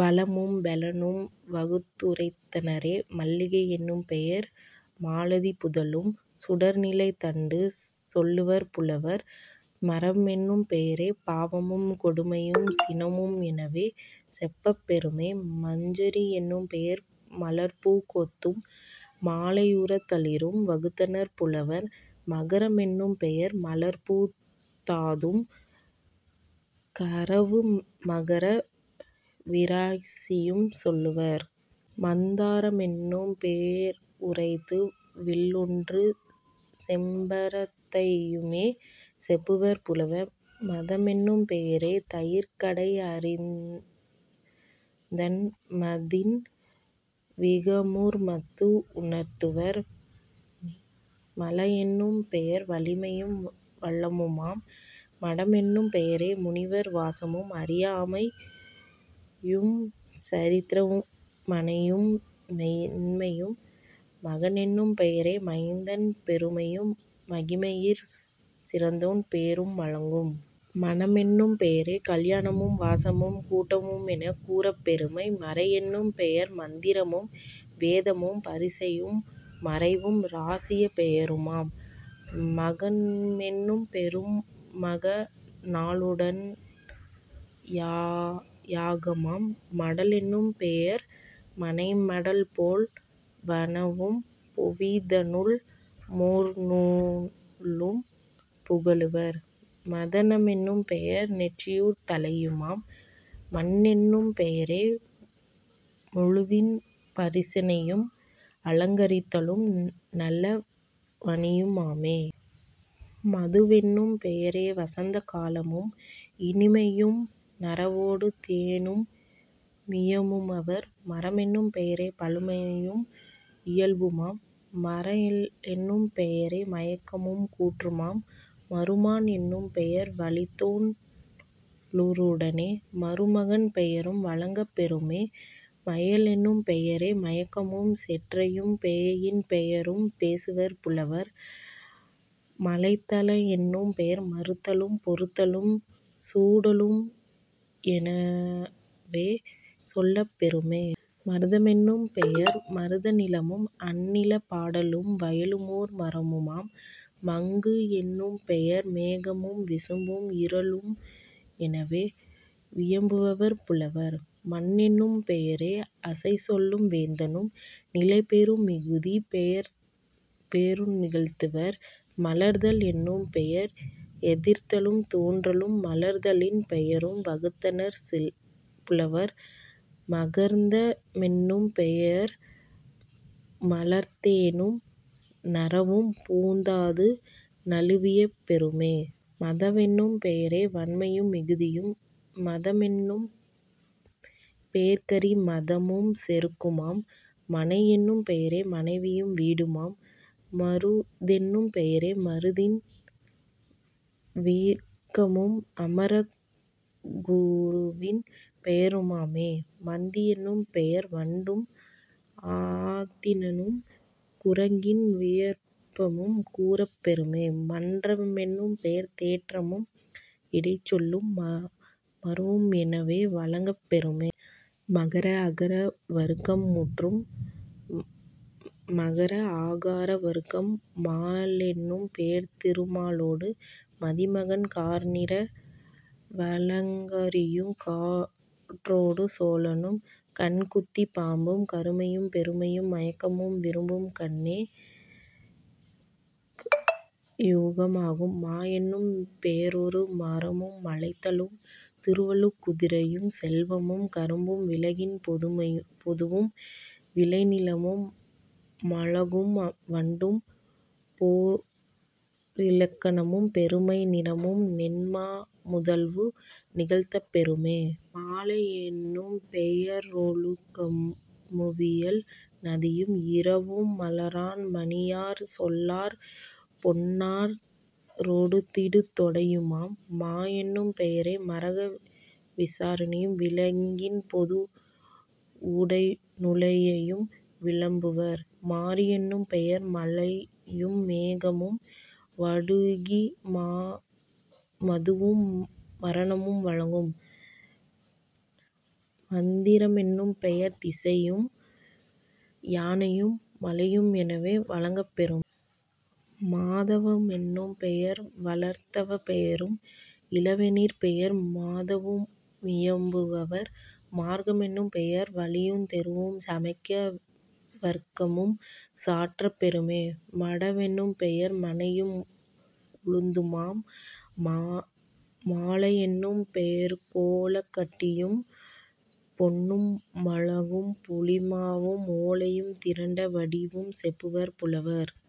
வளமும் பெலமும் வகுத்துரைத் தனரே..... மல்லிகை யெனும்பெயர் மாலதிப் புதலும் சுடர்நிலைத் தண்டுஞ் சொல்லுவர் புலவர்..... மறமெனும் பெயரே பாவமும் கொடுமையும் சினமு மெனவே செப்பப் பெறுமே..... மஞ்சரி யெனும்பெயர் மலர்ப்பூங் கொத்தும் மாலையுந் தளிரும் வகுத்தனர் புலவர்..... மகர மெனும்பெயர் மலர்ப்பூந் தாதும் கறவு மகர விராசியுஞ் சொல்லுவர்..... மந்தார மெனும்பெய ரைந்தரு விலொன்றும் செம்பரத் தையுமெனச் செப்புவர் புலவர்..... மத்தெனும் பெயரே தயிர்கடை தறிமுதன் மத்தின் விகற்பமு மத்து முணர்த்துவர்..... மல்ல லெனும்பெயர் வலிமையும் வளமுமாம்..... மடமெனும் பெயரே முனிவர் வாசமும் அறியாமை யுஞ்சத்திர மனையு மென்மையும்..... மகனெனும் பெயரே மைந்தன் பெருமையும் மகிமையிற் சிறந்தோன் பெயரும் வழங்கும்..... மணமெனும் பெயரே கல்யாணமும் வாசமும் கூட்டமு மெனவே கூறப் பெறுமே..... மறையெனும் பெயர்மந் திரமும் வேதமும் பரிசையு மறைவும் ராசியப் பெயருமாம்..... மகமெனும் பெயர்மக நாளுடன் யாகமாம்..... மடலெனும் பெயர்பனை மடல்போல் வனவும் பூவி னிதழு மோர்நூலும் புகலுவர்..... மத்தக மெனும்பெயர் நெற்றியுந் தலையுமாம்..... மண்ணெனும் பெயரே முழவின் மார்ச்சனையும் அலங்கரித்தலு நல்ல வனியு மாமே..... மதுவெனும் பெயரே வசந்த காலமும் இனிமையு நறவொடு தேனு மியம்புவர்..... மரபெனும் பெயரே பழமையும் இயல்புமாம்..... மறலெனும் பெயரே மயக்கமும் கூற்றுமாம்..... மருமான் எனும்பெயர் வழித்தோன் றலுடனே மருமகன் பெயரும் வழங்கப் பெறுமே..... மயலெனும் பெயரே மயக்கமும் செற்றையும் பேயின் பெயரும் பேசுவர் புலவர்..... மலைத லெனும்பெயர் மறுத்தலும் பொருதலும் சூடலு மெனவே சொல்லப் பெறுமே..... மருத மெனும்பெயர் மருத நிலமும் அந்நிலப் பாடலும் வயலுமோர் மரமுமாம்..... மங்கு லெனும்பெயர் மேகமும் விசும்பும் இருளு மெனவே இயம்புவர் புலவர்..... மன்னெனும் பெயரே அசைச்சொலும் வேந்தனும் நிலைபேறு மிகுதிப் பெயரு நிகழ்த்துவர்..... மலர்தல் எனும்பெயர் எதிர்தலுந் தோன்றலும் மலர்தலின் பெயரும் வகுத்தனர் புலவர்..... மகரந்த மென்னும் பெயர்மலர்த் தேனும் நறவும் பூந்தாது நவிலப் பெறுமே..... மதவெனும் பெயரே வன்மையு மிகுதியும்..... மதமெனும் பெயர்கரி மதமும் செருக்குமாம்..... மனையெனும் பெயரே மனைவியும் வீடுமாம்..... மருந்தெனும் பெயரே மருந்தின் விகற்பமும் அமர ருணவின் பெயரு மாமே..... மந்தி யெனும்பெயர் வண்டும் ஆதித்தனும் குரங்கின் விகற்பமும் கூறப் பெறுமே..... மன்ற வெனும்பெயர் தேற்றமும் இடைச்சொலும் மருவு மெனவே வழங்கப் பெறுமே..... மகர அகர வருக்கம் முற்றும். மகர ஆகார வருக்கம் மாலெனும் பெயர்திரு மாலொடு மதிமகன் காரிநிற வலாரியுங் காற்றொடு சோழனும் கண்குத்திப் பாம்பும் கருமையும் பெருமையும் மயக்கமும் விருப்பும் கண்ணே ணியுமாகும்..... மாவெனும் பெயரொரு மரமு மழைத்தலும் திருவுங் குதிரையும் செல்வமும் கறுப்பும் விலங்கின் பொதுவும் விளைநிலமு மழகும் வண்டு மோரிலக்கமும் பெருமை நிறமும் நென்மா முதலவு நிகழ்த்தப் பெறுமே..... மாலை யெனும்பெய ரொழுக்கமு மியல்பும் நதியும் இரவும் மலரான் மணியாற் சொல்லாற் பொன்னாற் றொடுத்திடு தொடையுமாம்.... மானெனும் பெயரே மகர விராசியும் விலங்கின் பொதுவுட னுழையையும் விளம்புவர்..... மாரி யெனும்பெயர் மழையு மேகமும் வடுகியு மதுவு மரணமும் வழங்கும்..... மாதிர மெனும்பெயர் திசையும் யானையும் மலையு மெனவே வழங்கப் பெறுமே..... மாதவ மெனும்பெயர் வளர்தவப் பெயரும் இளவேனிற் பெயரு மதுவு மியம்புவர்..... மார்க்க மெனும்பெயர் வழியுந் தெருவும் சமைய விகற்பமுஞ் சாற்றப் பெறுமே..... மாட மெனும்பெயர் மனையும் உழுந்துமாம்..... மாழை யெனும்பெயரு லோகக் கட்டியும் பொன்னு மழகும் புளிமாவும் ஓலையும் திரண்ட வடிவும் செப்புவர் புலவர்.